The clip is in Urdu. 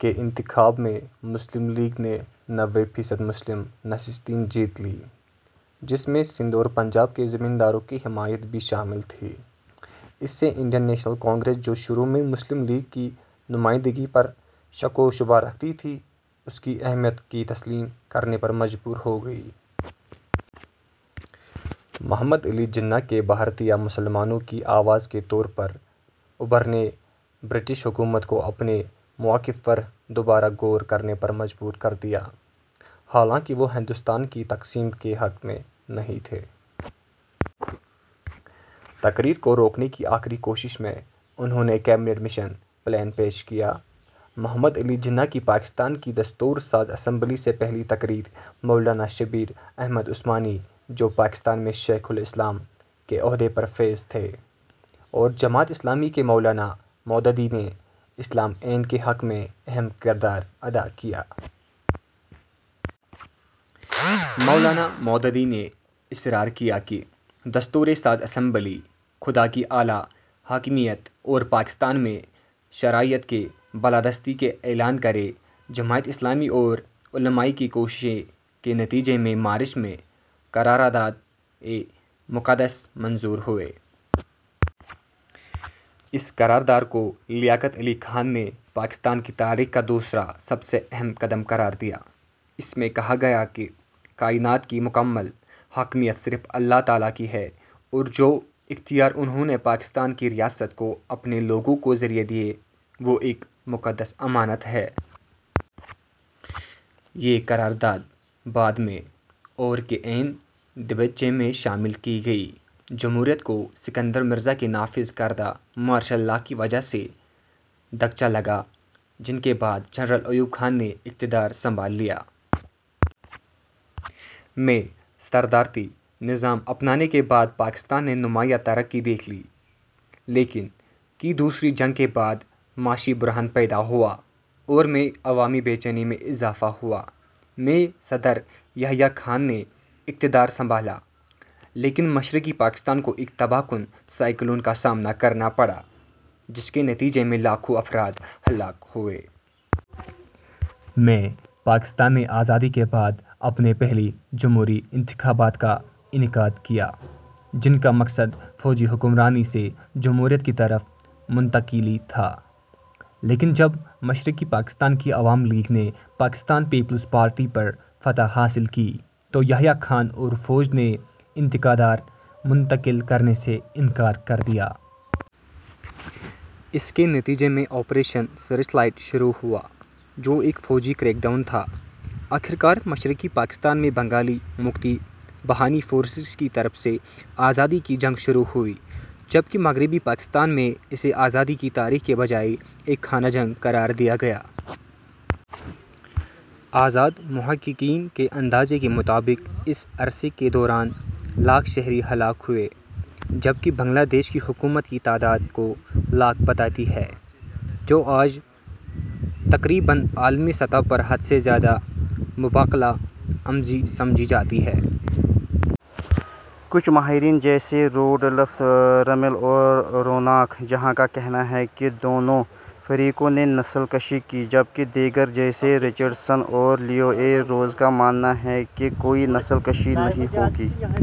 کے انتخابات میں مسلم لیگ نے فیصد مسلم نشستیں جیت لیں، جس میں سندھ اور پنجاب کے زمینداروں کی حمایت شامل تھی۔ اس نے انڈین نیشنل کانگریس کو، جو ابتدا میں مسلم لیگ کی نمائندگی پر شکوک و شبہات کا شکار تھی، اس کی اہمیت کو تسلیم کرنے پر مجبور کیا۔ محمد علی جناح کی بطور بھارتی مسلمانوں کی آواز کے طور پر ابھرنے نے برطانوی حکومت کو اپنے موقف پر غور کرنے پر مجبور کیا، حالانکہ وہ ہندوستان کی تقسیم کے حق میں نہیں تھے۔ تقسیم کو روکنے کی آخری کوشش میں، انھوں نے کابینہ مشن پلان پیش کیا۔ —محمد علی جناح کی پاکستان کی دستور ساز اسمبلی سے پہلی تقریر مولانا شبیر احمد عثمانی، جو میں پاکستان میں شیخ الاسلام کے عہدے پر فائز تھے اور جماعت اسلامی کے مولانا مودودی نے اسلامی آئین کے حق میں اہم کردار ادا کیا۔ مولانا مودودی نے اصرار کیا کہ دستور ساز اسمبلی "خدا کی اعلیٰ حاکمیت" اور پاکستان میں شریعت کی بالادستی کا اعلان کرے۔ جماعت اسلامی اور علما کی کوششوں کے نتیجے میں مارچ میں قرارداد مقاصد منظور ہوئی۔ اس قرارداد کو لیاقت علی خان نے پاکستان کی تاریخ کا دوسرا سب سے اہم قدم قرار دیا۔ اس میں کہا گیا کہ "کائنات کی مکمل حاکمیت صرف اللہ تعالیٰ کی ہے اور جو اختیار اس نے پاکستان کی ریاست کو اپنے لوگوں کے ذریعے دیا ہے، وہ ایک مقدس امانت ہے"۔ یہ قرارداد بعد میں ، اور کے آئین کے دیباچے میں شامل کی گئی۔ جمہوریت کو اسکندر مرزا کے نافذ کردہ مارشل لا کی وجہ سے دھچکا لگا، جن کے بعد جنرل ایوب خان نے اقتدار سنبھالا۔ میں صدارتی نظام اپنانے کے بعد، پاکستان نے نمایاں ترقی دیکھی، لیکن کی دوسری جنگ کے بعد اقتصادی بحران اور میں عوامی بے چینی میں اضافہ ہوا۔ میں صدر یحییٰ خان نے اقتدار سنبھالا، لیکن مشرقی پاکستان میں ایک تباہ کن سائیکلون کا سامنا کرنا پڑا جس کے نتیجے میں افراد ہلاک ہوئے۔ میں، پاکستان نے آزادی کے بعد اپنے پہلے جمہوری انتخابات کا انعقاد کیا، جس کا مقصد فوجی حکمرانی سے جمہوریت کی طرف منتقلی تھا۔ تاہم، جب مشرقی پاکستانی عوامی لیگ نے پاکستان پیپلز پارٹی پر فتح حاصل کی، تو یحییٰ خان اور فوج نے اقتدار منتقل کرنے سے انکار کر دیا۔ اس کے نتیجے میں آپریشن سرچ لائٹ شروع ہوا، جو ایک فوجی کریک ڈاؤن تھا اور بالآخر مشرقی پاکستان میں بنگالی مکتی باہنی فورسز کی طرف سے آزادی کی جنگ کا آغاز ہوا، جسے مغربی پاکستان میں آزادی کی جدوجہد کی بجائے ایک خانہ جنگی کے طور پر بیان کیا گیا۔ آزاد محققین کے اندازے کے مطابق اس عرصے کے دوران سے لاکھ شہری ہلاک ہوئے جبکہ بنگلہ دیشی حکومت اس تعداد کو لاکھ بتاتی ہے، جو اب تقریباً عالمی سطح پر حد سے زیادہ مبالغہ آمیز سمجھی جاتی ہے۔ کچھ ماہرین جیسے روڈولف رمل اور روناق جہاں کا کہنا ہے کہ دونوں فریقوں نے نسل کشی کی؛ جبکہ دیگر جیسے رچرڈ سیسن اور لیو ای روز کا ماننا ہے کہ کوئی نسل کشی نہیں ہوئی۔